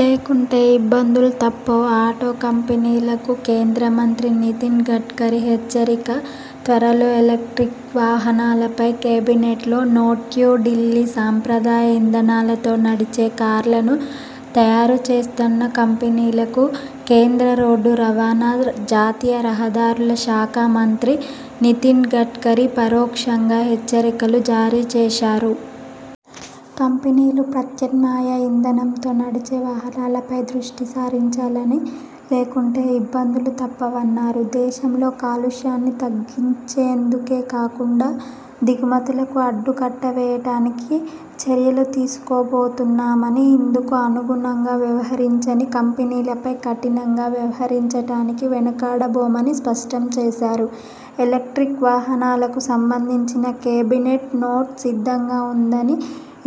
లేకుంటే ఇబ్బందులు తప్పవ్ ఆటో కంపెనీలకు కేంద్ర మంత్రి నితిన్ గడ్కరీ హెచ్చరిక త్వరలో ఎలక్ర్టిక్ వాహనాలపై కేబినెట్లో నోట్యు ఢిల్లీ సాంప్రదాయ ఇంధనాలతో నడిచే కార్లను తయారు చేస్తున్న కంపెనీలకు కేంద్ర రోడ్డు రవాణా, జాతీయ రహదారుల శాఖ మంత్రి నితిన్ గడ్కరీ పరోక్షంగా హెచ్చరికలు జారీ చేశారు. కంపెనీలు ప్రత్యామ్నాయ ఇంధనంతో నడిచే వాహనాలపై దృష్టిసారించాలని, లేకుంటే ఇబ్బందులు తప్పవన్నారు. దేశంలో కాలుష్యాన్ని తగ్గించేందుకేకాకుండా దిగుమతులకు అడ్డుకట్టవేయడానికి చర్యలు తీసుకోబోతున్నామని, ఇందుకు అనుగుణంగా వ్యవహరించని కంపెనీలపై కఠినంగా వ్యవహరించడానికి వెనుకాడబోమని స్పష్టం చేశారు. ఎలక్ర్టిక్ వాహనాలకు సంబంధించిన కేబినెట్ నోట్ సిద్ధంగా ఉందని,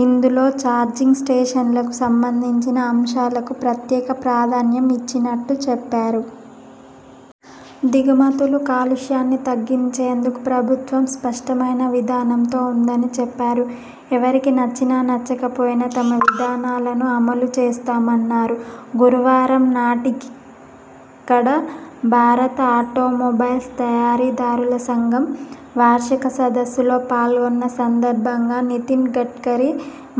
ఇందులో చార్జింగ్ స్టేషన్లకు సంబంధించిన అంశాలకు ప్రత్యేక ప్రాధాన్యం ఇచ్చినట్టు చెప్పారు. దిగుమతులు, కాలుష్యాన్ని తగ్గించేందుకు ప్రభుత్వం స్పష్టమైన విధానంతో ఉందని చెప్పారు. ఎవరికి నచ్చినా నచ్చకపోయినా తమ విధానాలను అమలు చేస్తామన్నారు. గురువారంనాటికిక్కడ భారత ఆటోమొబైల్ తయారీదారుల సంఘం వార్షిక సదస్సులో పాల్గొన్న సందర్భంగా నితిన్ గడ్కరీ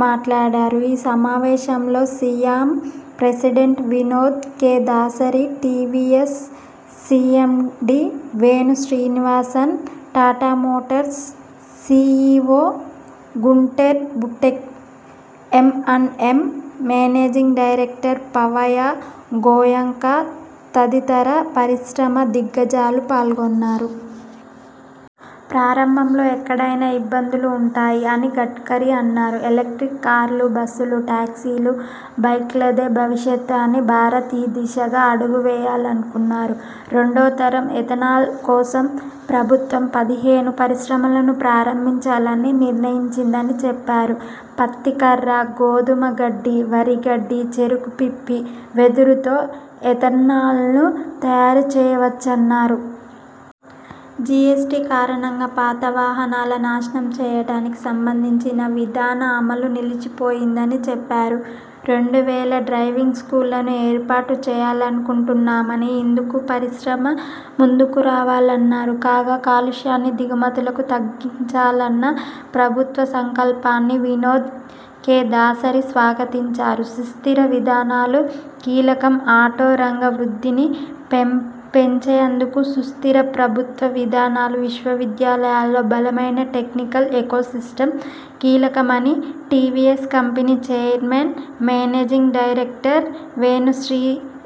మాట్లాడారు. ఈ సమావేశంలో SIAM president Vinod K Dasari, TVS CMD Venu Srinivasan, Tata motors CEO Gunter Butschek, M and M managing director Pawan Goenka తదితర పరిశ్రమ దిగ్గజాలు పాల్గొన్నారు. ప్రారంభంలో ఎక్కడైనా ఇబ్బందులు ఉంటాయి'' అని గడ్కరీ అన్నారు. ఎలక్ర్టిక్ కార్లు, బస్సులు, టాక్సీలు, బైక్లదే భవిష్యత్ అని, భారత్ ఈ దిశగా అడుగులువేయాలన్నారు. రెండోతరం ఎథనాల్ కోసం ప్రభుత్వం పదిహేను పరిశ్రమలను ప్రారంభించాలని నిర్ణయించిందని చెప్పారు. పత్తి కర్ర, గోధుమ గడ్డి, వరి గడ్డి, చెరకు పిప్పి, వెదురుతో ఎథనాల్ను తయారు చేయవచ్చన్నారు. జిఎస్టి కారణంగా పాత వాహనాల నాశనం చేయడానికి సంబంధించిన విధాన అమలు నిలిచిపోయిందని చెప్పారు. రెండు వేల డ్రైవింగ్ స్కూళ్లను ఏర్పాటు చేయాలనుకుంటున్నామని, ఇందుకు పరిశ్రమ ముందుకురావాలన్నారు. కాగా కాలుష్యాన్ని, దిగుమతులను తగ్గించాలన్న ప్రభుత్వం సంకల్పాన్ని వినోద్ కె దాసరి స్వాగతించారు. సుస్థిర విధానాలు కీలకంఆటో రంగ వృద్ధిని పెం పెంచేందుకు సుస్థిర ప్రభుత్వ విధానాలు, విశ్వవిద్యాలయాల్లో బలమైన టెక్నికల్ ఏకోసిస్టమ్ కీలకమని TVS company chairman, managing director Venu Sri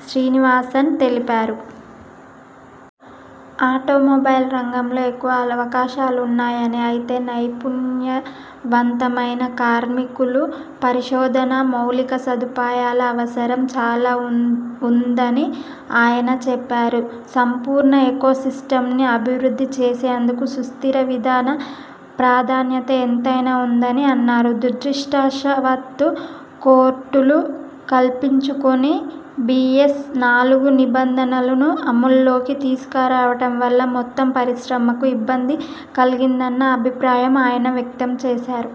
Srinivasan తెలిపారు. ఆటో మొబైల్ రంగంలో ఎక్కువ అవకాశాలున్నాయని, అయితే నైపుణ్య వంతమైన కార్మికు లు, పరిశోధనా, మౌలిక సదుపాయాల అవసరం చాలా ఉందని ఆయన చెప్పారు. సంపూర్ణ ఏకోసిస్టమ్ను అభివృద్ధి చేసేందుకు సుస్థిర విధానం ప్రాధాన్యత ఎంతైనా ఉందని అన్నారు. దురదృష్ణవశాత్తు కోర్టులు కల్పించుకుని బిఎస్-నాలుగు నిబంధనలను అమల్లోకి తీసుకురావడం వల్ల మొత్తం పరిశ్రమకు ఇబ్బంది కలిగిందన్న అభిప్రాయాన్ని ఆయన వ్యక్తం చేశారు.